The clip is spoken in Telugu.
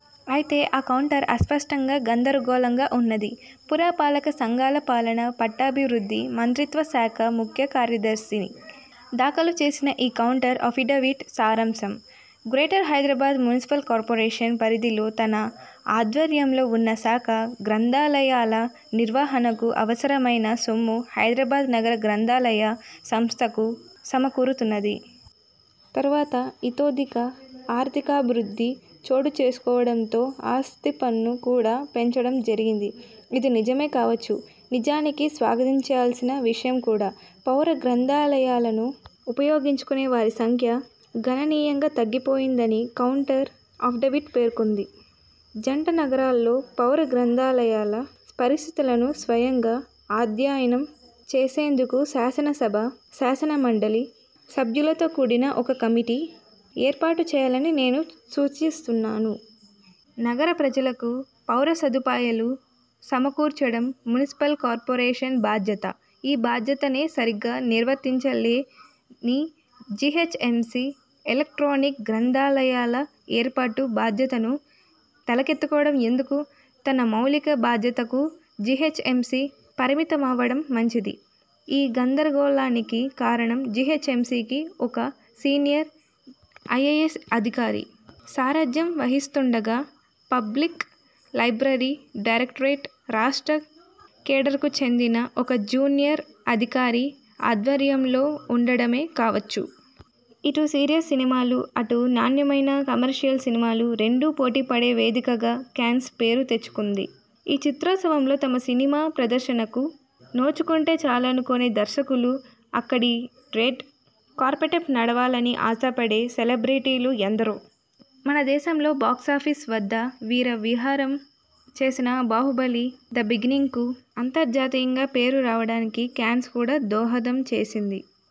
అయితే ఆ కౌంటర్ అస్పష్టంగా, గందరగోళంగా ఉన్నది. పురపాలక సంఘాల పాలన, పట్టణాభివృద్ధి మంత్రిత్వ శాఖ ముఖ్య కార్యదర్శి దాఖలుచేసిన ఈ కౌంటర్ అఫిడవిట్ సారాంశం: గ్రేటర్ హైదరాబాద్ మునిసిపల్ కార్పొరేషన్ పరిధిలో తన ఆధ్వర్యంలో వున్న శాఖా గ్రంథాలయాల నిర్వహణకు అవసరమైన సొమ్ము హైదరాబాద్ నగర గ్రంథాలయ సంస్థకు సమకూరుతున్నది. తరువాత ఇతోధిక ఆర్థికాభివృద్ధి చోటుచేసుకోవడంతో ఆస్తిపన్నును కూడా పెంచడం జరిగింది. ఇది నిజమే కావచ్చు. నిజానికి స్వాగతించవల్సిన విషయం కూడా. పౌర గ్రంథాలయాలను ఉపయోగించుకొనేవారి సంఖ్య గణనీయంగా తగ్గిపోయిందని కౌంటర్ అఫిడవిట్ పేర్కొంది. జంటనగరాల్లో పౌర గ్రంథాలయాల పరిస్థితులను స్వయంగా అధ్యయనం చేసేందుకు శాసనసభ, శాసన మండలి సభ్యులతో కూడిన ఒక కమిటీ ఏర్పాటు చేయాలని నేను సూచిస్తున్నాను. నగర ప్రజలకు పౌరసదుపాయాలు సమకూర్చడం మునిసిపల్ కార్పొరేషన్ బాధ్యత. ఈ బాధ్యతనే సరిగ్గా నిర్వర్తించలేని జీహెచ్ఎంసీ ఎలక్ట్రానిక్ గ్రంథాలయాల ఏర్పాటు బాధ్యతను తలకెత్తుకోవడం ఎందుకు? తన మౌలిక బాధ్యతలకు జీహెచ్ఎంసీ పరిమితమవ్వడం మంచిది. ఈ గందరగోళానికి కారణం జీహెచ్ఎంసీకి ఒక సీనియర్ ఐఏఎస్ అధికారి సారథ్యం వహిస్తుండగా పబ్లిక్ లైబ్రరీ డైరెక్టరేట్ రాష్ట్ర కేడర్కు చెందిన ఒక జూనియర్ అధికారి ఆధ్వర్యంలో వుండడమే కావచ్చు. ఇటు సీరియస్ సినిమాలు, అటు నాణ్యమైన కమర్షియల్ సినిమాలు రెండూ పోటీపడే వేదికగా కాన్స్ పేరు తెచ్చుకుంది. ఈ చిత్రోత్సవంలో తమ సినిమా ప్రదర్శనకు నోచుకుంటే చాలనుకొనే దర్శకులు, అక్కడి రెడ్ కార్పెట్పై నడవాలని ఆశపడే సెలబ్రిటీలు ఎందరో! మన దేశంలో బాక్సాఫీస్ వద్ద వీర విహారం చేసిన 'బాహుబలి: ద బిగినింగ్'కు అంతర్జాతీయంగా పేరు రావడానికి కాన్స్ కూడా దోహదం చేసింది.